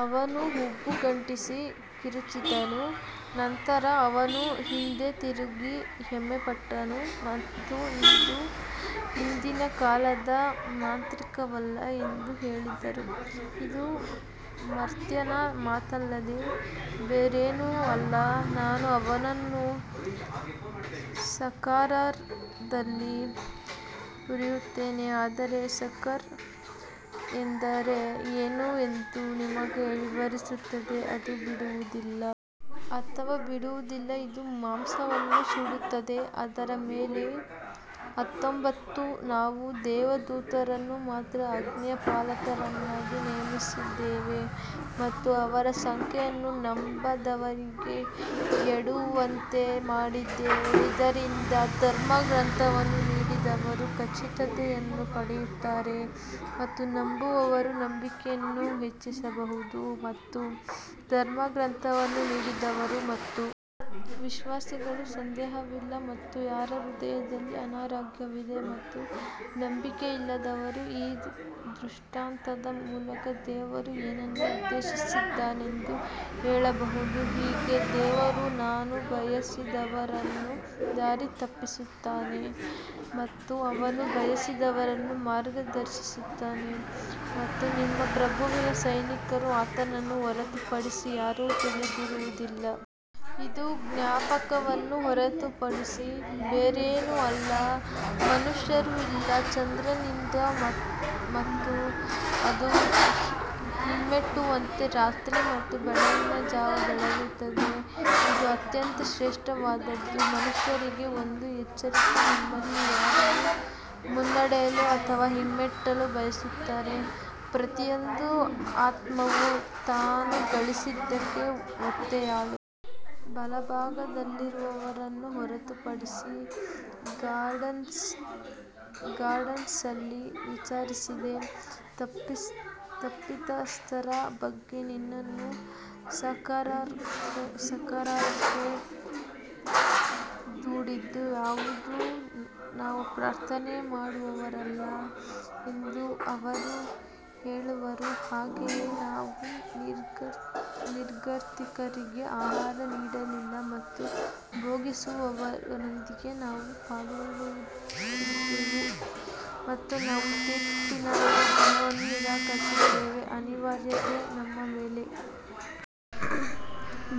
ಅವನು ಹುಬ್ಬುಗಂಟಿಸಿ ಕಿರುಚಿದನು ನಂತರ ಅವನು ಹಿಂದೆ ತಿರುಗಿ ಹೆಮ್ಮೆಪಟ್ಟನು ಮತ್ತು ಇದು ಹಿಂದಿನ ಕಾಲದ ಮಾಂತ್ರಿಕವಲ್ಲ ಎಂದು ಹೇಳಿದರು ಇದು ಮರ್ತ್ಯನ ಮಾತಲ್ಲದೆ ಬೇರೇನೂ ಅಲ್ಲ ನಾನು ಅವನನ್ನು ಸಕರ್ಾರದಲ್ಲಿ ಹುರಿಯುತ್ತೇನೆ ಆದರೆ ಸಕರ್ ಎಂದರೆ ಏನು ಎಂದು ನಿಮಗೆ ವಿವರಿಸುತ್ತದೆ ಅದು ಬಿಡುವುದಿಲ್ಲ ಅಥವಾ ಬಿಡುವುದಿಲ್ಲ ಇದು ಮಾಂಸವನ್ನು ಸುಡುತ್ತದೆ ಅದರ ಮೇಲೆ ಹತ್ತೊಂಬತ್ತು ನಾವು ದೇವದೂತರನ್ನು ಮಾತ್ರ ಅಗ್ನಿಯ ಪಾಲಕರನ್ನಾಗಿ ನೇಮಿಸಿದ್ದೇವೆ ಮತ್ತು ಅವರ ಸಂಖ್ಯೆಯನ್ನು ನಂಬದವರಿಗೆ ಎಡವುವಂತೆ ಮಾಡಿದ್ದೇವೆ, ಇದರಿಂದ ಧರ್ಮಗ್ರಂಥವನ್ನು ನೀಡಿದವರು ಖಚಿತತೆಯನ್ನು ಪಡೆಯುತ್ತಾರೆ ಮತ್ತು ನಂಬುವವರು ನಂಬಿಕೆಯನ್ನು ಹೆಚ್ಚಿಸಬಹುದು ಮತ್ತು ಧರ್ಮಗ್ರಂಥವನ್ನು ನೀಡಿದವರು ಮತ್ತು ವಿಶ್ವಾಸಿಗಳು ಸಂದೇಹವಿಲ್ಲ ಮತ್ತು ಯಾರ ಹೃದಯದಲ್ಲಿ ಅನಾರೋಗ್ಯವಿದೆ ಮತ್ತು ನಂಬಿಕೆಯಿಲ್ಲದವರು ಈ ದೃಷ್ಟಾಂತದ ಮೂಲಕ ದೇವರು ಏನನ್ನು ಉದ್ದೇಶಿಸಿದ್ದಾನೆಂದು ಹೇಳಬಹುದು ಹೀಗೆ ದೇವರು ತಾನು ಬಯಸಿದವರನ್ನು ದಾರಿ ತಪ್ಪಿಸುತ್ತಾನೆ ಮತ್ತು ಅವನು ಬಯಸಿದವರನ್ನು ಮಾರ್ಗದರ್ಶಿಸುತ್ತಾನೆ ಮತ್ತು ನಿಮ್ಮ ಪ್ರಭುವಿನ ಸೈನಿಕರು ಆತನನ್ನು ಹೊರತುಪಡಿಸಿ ಯಾರೂ ತಿಳಿದಿರುವುದಿಲ್ಲ ಇದು ಜ್ಞಾಪಕವನ್ನು ಹೊರತುಪಡಿಸಿ ಬೇರೇನೂ ಅಲ್ಲ ಮನುಷ್ಯರು ಇಲ್ಲ ಚಂದ್ರನಿಂದ ಮತ್ತು ಅದು ಹಿಮ್ಮೆಟ್ಟುವಂತೆ ರಾತ್ರಿ ಮತ್ತು ಬೆಳಗಿನ ಜಾವ ಬೆಳಗುತ್ತದೆ ಇದು ಅತ್ಯಂತ ಶ್ರೇಷ್ಠವಾದದ್ದು ಮನುಷ್ಯರಿಗೆ ಒಂದು ಎಚ್ಚರಿಕೆ ನಿಮ್ಮಲ್ಲಿ ಯಾರಿಗೆ ಮುನ್ನಡೆಯಲು ಅಥವಾ ಹಿಮ್ಮೆಟ್ಟಲು ಬಯಸುತ್ತಾರೆ ಪ್ರತಿಯೊಂದು ಆತ್ಮವೂ ತಾನು ಗಳಿಸಿದ್ದಕ್ಕೆ ಒತ್ತೆಯಾಳು ಬಲಭಾಗದಲ್ಲಿರುವವರನ್ನು ಹೊರತುಪಡಿಸಿ ಗಾರ್ಡನ್ಸ್ನಲ್ಲಿ ವಿಚಾರಿಸಿದೆ ತಪ್ಪಿತಸ್ಥರ ಬಗ್ಗೆ ನಿನ್ನನ್ನು ಸಕರ್ಾರಕ್ಕೆ ದೂಡಿದ್ದು ಯಾವುದು ನಾವು ಪ್ರಾರ್ಥನೆ ಮಾಡುವವರಲ್ಲ ಎಂದು ಅವರು ಹೇಳುವರು ಹಾಗೆಯೇ ನಾವು ನಿರ್ಗತಿಕರಿಗೆ ಆಹಾರ ನೀಡಲಿಲ್ಲ ಮತ್ತು ಭೋಗಿಸುವವರೊಂದಿಗೆ ನಾವು ಪಾಲ್ಗೊಳ್ಳುತ್ತಿದ್ದೆವು ಮತ್ತು ನಾವು ತೀರ್ಪಿನ ದಿನವನ್ನು ನಿರಾಕರಿಸುತ್ತಿದ್ದೆವು ಅನಿವಾರ್ಯತೆ ನಮ್ಮ ಮೇಲೆ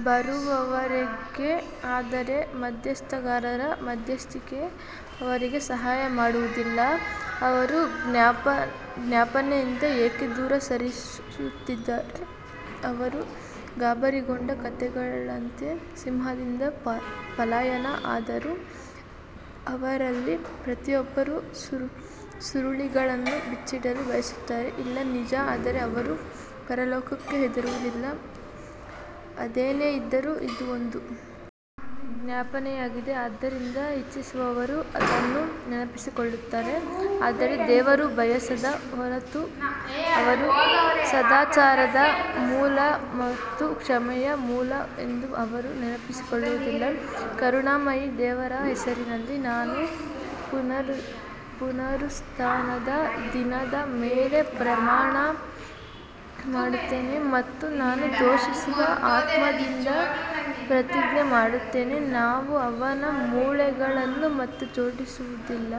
ಬರುವವರೆಗೆ ಆದರೆ ಮಧ್ಯಸ್ಥಗಾರರ ಮಧ್ಯಸ್ಥಿಕೆ ಅವರಿಗೆ ಸಹಾಯ ಮಾಡುವುದಿಲ್ಲ ಅವರು ಜ್ಞಾಪನೆಯಿಂದ ಏಕೆ ದೂರ ಸರಿಯುತ್ತಿದ್ದಾರೆ ಅವರು ಗಾಬರಿಗೊಂಡ ಕತ್ತೆಗಳಂತೆ ಸಿಂಹದಿಂದ ಪಲಾಯನ ಆದರೂ ಅವರಲ್ಲಿ ಪ್ರತಿಯೊಬ್ಬರೂ ಸುರುಳಿಗಳನ್ನು ಬಿಚ್ಚಿಡಲು ಬಯಸುತ್ತಾರೆ ಇಲ್ಲ ನಿಜ ಆದರೆ ಅವರು ಪರಲೋಕಕ್ಕೆ ಹೆದರುವುದಿಲ್ಲ ಅದೇನೇ ಇದ್ದರೂ, ಇದು ಒಂದು ಜ್ಞಾಪನೆಯಾಗಿದೆ ಆದ್ದರಿಂದ ಇಚ್ಛಿಸುವವರು ಅದನ್ನು ನೆನಪಿಸಿಕೊಳ್ಳುತ್ತಾರೆ ಆದರೆ ದೇವರು ಬಯಸದ ಹೊರತು ಅವರು ಸದಾಚಾರದ ಮೂಲ ಮತ್ತು ಕ್ಷಮೆಯ ಮೂಲ ಎಂದು ಅವರು ನೆನಪಿಸಿಕೊಳ್ಳುವುದಿಲ್ಲ ಕರುಣಾಮಯಿ ದೇವರ ಹೆಸರಿನಲ್ಲಿ ನಾನು ಪುನರುತ್ಥಾನದ ದಿನದ ಮೇಲೆ ಪ್ರಮಾಣ ಮಾಡುತ್ತೇನೆ ಮತ್ತು ನಾನು ದೂಷಿಸುವ ಆತ್ಮದಿಂದ ಪ್ರತಿಜ್ಞೆ ಮಾಡುತ್ತೇನೆ ನಾವು ಅವನ ಮೂಳೆಗಳನ್ನು ಮತ್ತೆ ಜೋಡಿಸುವುದಿಲ್ಲ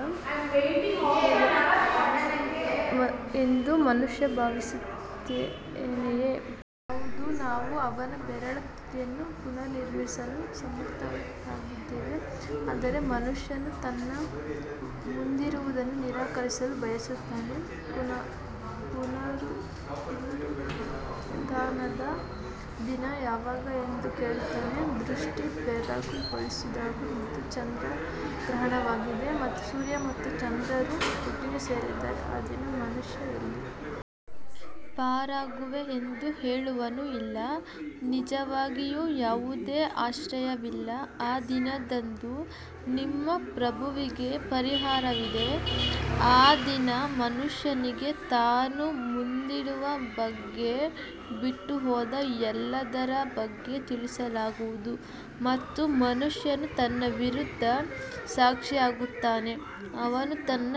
ಎಂದು ಮನುಷ್ಯ ಭಾವಿಸುತ್ತಾನೆಯೇ? ಹೌದು, ನಾವು ಅವನ ಬೆರಳ ತುದಿಯನ್ನು ಪುನರ್ನಿರ್ಮಿಸಲು ಸಮರ್ಥರಾಗಿದ್ದೇವೆ ಆದರೆ ಮನುಷ್ಯನು ತನ್ನ ಮುಂದಿರುವದನ್ನು ನಿರಾಕರಿಸಲು ಬಯಸುತ್ತಾನೆ ಪುನರುತ್ಥಾನದ ದಿನ ಯಾವಾಗ ಎಂದು ಕೇಳುತ್ತಾನೆ ದೃಷ್ಟಿ ಬೆರಗುಗೊಳಿಸಿದಾಗ ಮತ್ತು ಚಂದ್ರ ಗ್ರಹಣವಾಗಿದೆ ಮತ್ತು ಸೂರ್ಯ ಮತ್ತು ಚಂದ್ರರು ಒಟ್ಟಿಗೆ ಸೇರಿದ್ದಾರೆ ಆ ದಿನ ಮನುಷ್ಯ ಎಲ್ಲಿ ಪಾರಾಗುವೆ ಎಂದು ಹೇಳುವನು ಇಲ್ಲ ನಿಜವಾಗಿಯೂ ಯಾವುದೇ ಆಶ್ರಯವಿಲ್ಲ ಆ ದಿನದಂದು ನಿಮ್ಮ ಪ್ರಭುವಿಗೆ ಪರಿಹಾರವಿದೆ ಆ ದಿನ ಮನುಷ್ಯನಿಗೆ ತಾನು ಮುಂದಿಡುವ ಮತ್ತು ಬಿಟ್ಟುಹೋದ ಎಲ್ಲದರ ಬಗ್ಗೆ ತಿಳಿಸಲಾಗುವುದು ಮತ್ತು ಮನುಷ್ಯನು ತನ್ನ ವಿರುದ್ಧ ಸಾಕ್ಷಿಯಾಗುತ್ತಾನೆ ಅವನು ತನ್ನ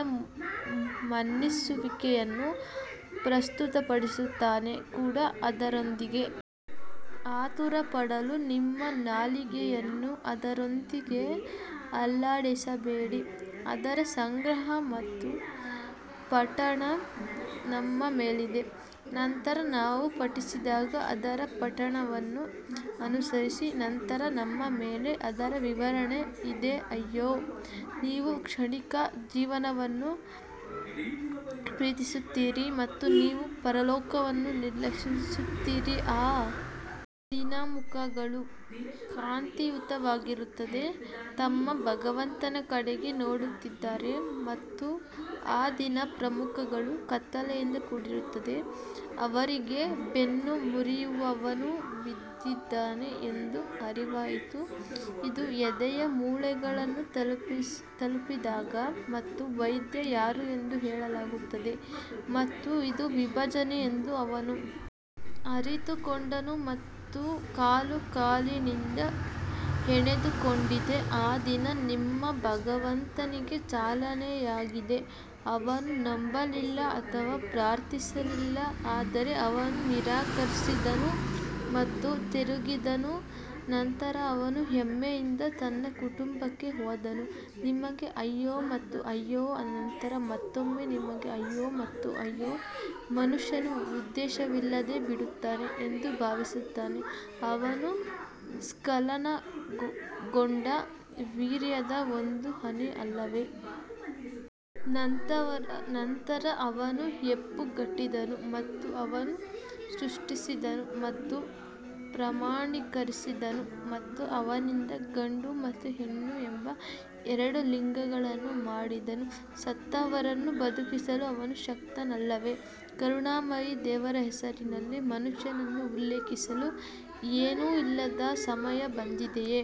ಮನ್ನಿಸುವಿಕೆಯನ್ನು ಪ್ರಸ್ತುತಪಡಿಸುತ್ತಾನೆ ಕೂಡ ಅದರೊಂದಿಗೆ ಆತುರಪಡಲು ನಿಮ್ಮ ನಾಲಿಗೆಯನ್ನು ಅದರೊಂದಿಗೆ ಅಲ್ಲಾಡಿಸಬೇಡಿ ಅದರ ಸಂಗ್ರಹ ಮತ್ತು ಪಠಣ ನಮ್ಮ ಮೇಲಿದೆ ನಂತರ ನಾವು ಪಠಿಸಿದಾಗ ಅದರ ಪಠಣವನ್ನು ಅನುಸರಿಸಿ ನಂತರ ನಮ್ಮ ಮೇಲೆ ಅದರ ವಿವರಣೆ ಇದೆ ಅಯ್ಯೋ, ನೀವು ಕ್ಷಣಿಕ ಜೀವನವನ್ನು ಪ್ರೀತಿಸುತ್ತೀರಿ ಮತ್ತು ನೀವು ಪರಲೋಕವನ್ನು ನಿರ್ಲಕ್ಷಿಸುತ್ತೀರಿ ಆ ದಿನ ಮುಖಗಳು ಕಾಂತಿಯುತವಾಗಿರುತ್ತದೆ ತಮ್ಮ ಭಗವಂತನ ಕಡೆಗೆ ನೋಡುತ್ತಿದ್ದಾರೆ ಮತ್ತು ಆ ದಿನ ಮುಖಗಳು ಕತ್ತಲೆಯಿಂದ ಕೂಡಿರುತ್ತವೆ ಅವರಿಗೆ ಬೆನ್ನು ಮುರಿಯುವವನು ಬಿದ್ದಿದ್ದಾನೆ ಎಂದು ಅರಿವಾಯಿತು ಇದು ಎದೆಯ ಮೂಳೆಗಳನ್ನು ತಲುಪಿದಾಗ ಮತ್ತು ವೈದ್ಯ ಯಾರು ಎಂದು ಹೇಳಲಾಗುತ್ತದೆ ಮತ್ತು ಇದು ವಿಭಜನೆ ಎಂದು ಅವನು ಅರಿತುಕೊಂಡನು ಮತ್ತು ಕಾಲು ಕಾಲಿನಿಂದ ಹೆಣೆದುಕೊಂಡಿದೆ ಆ ದಿನ ನಿಮ್ಮ ಭಗವಂತನಿಗೆ ಚಾಲನೆಯಾಗಿದೆ ಅವನು ನಂಬಲಿಲ್ಲ ಅಥವಾ ಪ್ರಾರ್ಥಿಸಲಿಲ್ಲ ಆದರೆ ಅವನು ನಿರಾಕರಿಸಿದನು ಮತ್ತು ತಿರುಗಿದನು ನಂತರ ಅವನು ಹೆಮ್ಮೆಯಿಂದ ತನ್ನ ಕುಟುಂಬಕ್ಕೆ ಹೋದನು ನಿಮಗೆ ಅಯ್ಯೋ ಮತ್ತು ಅಯ್ಯೋ ನಂತರ ಮತ್ತೊಮ್ಮೆ ನಿಮಗೆ ಅಯ್ಯೋ ಮತ್ತು ಅಯ್ಯೋ ಮನುಷ್ಯನು ಉದ್ದೇಶವಿಲ್ಲದೆ ಬಿಡುತ್ತಾನೆ ಎಂದು ಭಾವಿಸುತ್ತಾನೆ ಅವನು ಸ್ಖಲನಗೊಂಡ ವೀರ್ಯದ ಒಂದು ಹನಿ ಅಲ್ಲವೇ? ನಂತರ ಅವನು ಹೆಪ್ಪುಗಟ್ಟಿದನು ಮತ್ತು ಅವನು ಸೃಷ್ಟಿಸಿದನು ಮತ್ತು ಪ್ರಮಾಣೀಕರಿಸಿದನು ಮತ್ತು ಅವನಿಂದ ಗಂಡು ಮತ್ತು ಹೆಣ್ಣು ಎಂಬ ಎರಡು ಲಿಂಗಗಳನ್ನು ಮಾಡಿದನು ಸತ್ತವರನ್ನು ಬದುಕಿಸಲು ಅವನು ಶಕ್ತನಲ್ಲವೇ ಕರುಣಾಮಯಿ ದೇವರ ಹೆಸರಿನಲ್ಲಿ ಮನುಷ್ಯನನ್ನು ಉಲ್ಲೇಖಿಸಲು ಏನೂ ಇಲ್ಲದ ಸಮಯ ಬಂದಿದೆಯೇ.